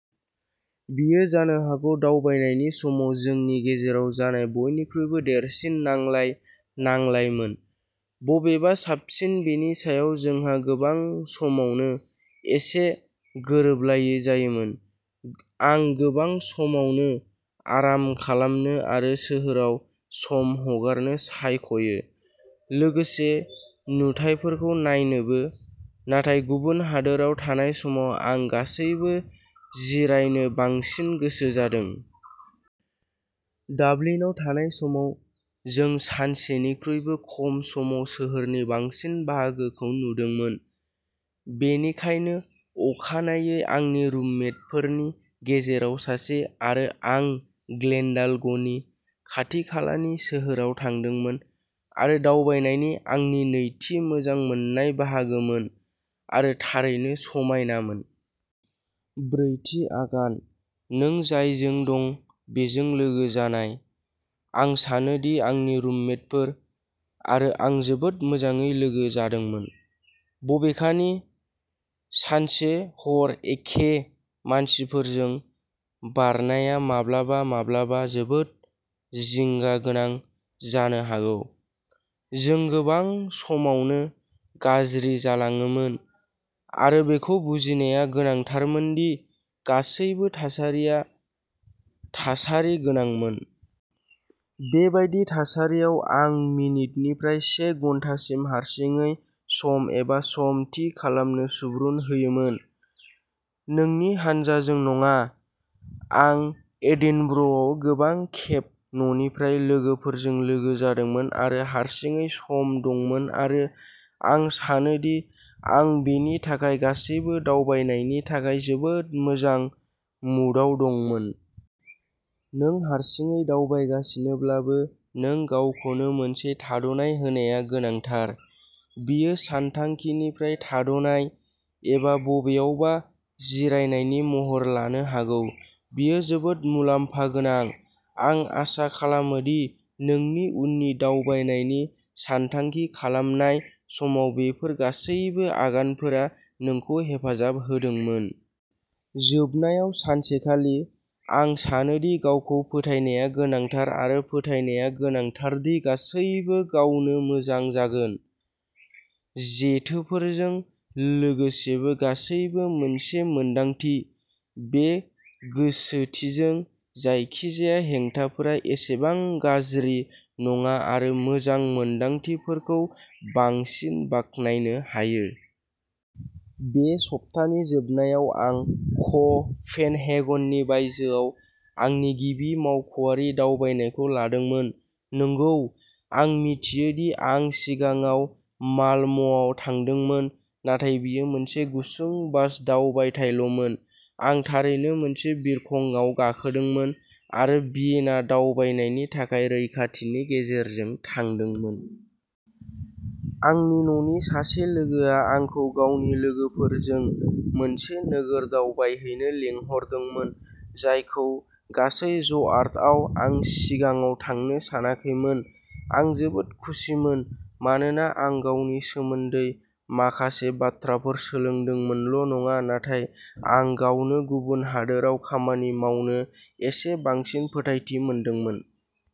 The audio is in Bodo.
बेयो जानो हागौ दावबायनायनि समाव जोंनि गेजेराव जानाय बयनिख्रुइबो देरसिन नांलाय-नांलायमोन। बबेबा साबसिन बेनि सायाव जोंहा गोबां समावनो एसे गोरोबलायै जायोमोन। आं गोबां समावनो आराम खालामनो आरो सोहोराव सम हगारनो सायख'यो लोगोसे नुथायफोरखौ नायनोबो, नाथाय गुबुन हादोराव थानाय समाव आं गासैबो जिरायनो बांसिन गोसो जादों। डाबलिनआव थानाय समाव, जों सानसेनिख्रुइबो खम समाव सोहोरनि बांसिन बाहागोखौ नुदोंमोन, बेनिखायनो अखानायै आंनि रुममेटफोरनि गेजेराव सासे आरो आं ग्लेनडाल'गनि खाथिखालानि सोहोराव थांदोंमोन। बेयो दावबायनायनि आंनि नैथि मोजां मोनजानाय बाहागोमोन आरो थारैनो समायनामोन। ब्रैथि आगानः नों जायजों दं बेजों लोगो जानाय। आं सानो दि आंनि रुममेटफोर आरो आं जोबोद मोजाङै लोगो जादोंमोन, बबेखानि, सानसे-हर एखे मानसिफोरजों बारनाया माब्लाबा-माब्लाबा जोबोद जिंगा गोनां जानो हागौ। जों गोबां समावनो गाज्रि जालाङोमोन आरो बेखौ बुजिनाया गोनांथारमोन दि गासिबो थासारिया थासारि गोनांमोन। बेबादि थासारियाव आं मिनिटनिफ्राय से घन्टासिम हारसिङै सम एबा सम थि खालामनो सुबुरुन होयोमोन, नोंनि हानजाजों नङा। आं एडिनब्र'आव गोबां खेब न'निफ्राय लोगोफोरजों लोगो जादोंमोन आरो हारसिङै सम दंमोन आरो आं सानोदि आं बेनि थाखाय गासैबो दावबायनायनि थाखाय जोबोद मोजां मुडआव दंमोन। नों हारसिङै दावबायगासिनोब्लाबो नोंगावखौनो मोनसे थाद'नाय होनाया गोनांथार। बेयो सानथांखिनिफ्राय थाद'नाय एबा बबेयावबा जिरायनायनि महर लानो हागौ, बेयो जोबोद मुलाम्फा गोनां। आं आसा खालामो दि नोंनि उननि दावबायनायनि सानथांखि खालामनाय समाव बेफोर गासैबो आगानफोरा नोंखौ हेफाजाब होदोंमोन। जोबनायाव सानसेखालि, आं सानो दि गावखौ फोथायनाया गोनांथार आरो फोथायनाया गोनांथार दि गासैबो गावनो मोजां जागोन। जेथोफोरजों लोगोसेबो, गासैबो मोनसे मोन्दांथि, बे गोसोथिजों, जायखिजाया हेंथाफोरा एसेबां गाज्रि नङा आरो मोजां मोन्दांथिफोरखौ बांसिन बाख्नायनो हायो। बे सप्तानि जोबनायाव आं क'पेनहेगननि बायजोआव आंनि गिबि मावख'आरि दावबायनायखौ लादोंमोन। नंगौ, आं मिथियो दि आं सिगाङाव माल्म'आव थांदोंमोन, नाथाय बेयो मोनसे गुसुं बास दावबायथायल'मोन। आं थारैनो मोनसे बिरखंआव गाखोदोंमोन आरो भियेना दावबायनायनि थाखाय रैखाथिनि गेजेरजों थांदोंमोन। आंनि न'नि सासे लोगोआ आंखौ गावनि लोगोफोरजों मोनसे नोगोर दावबायहैनो लिंहरदोंमोन, जायखौ गासै ज'आर्टआव आं सिगाङाव थांनो सानाखैमोन। आं जोबोद खुसिमोन, मानोना आं गावनि सोमोन्दै माखासे बाथ्राफोर सोलोंदोंमोनल'नङा, नाथाय आं गावनो गुबुन हादोरफोराव खामानि मावनो एसे बांसिन फोथायथि मोनदोंमोन।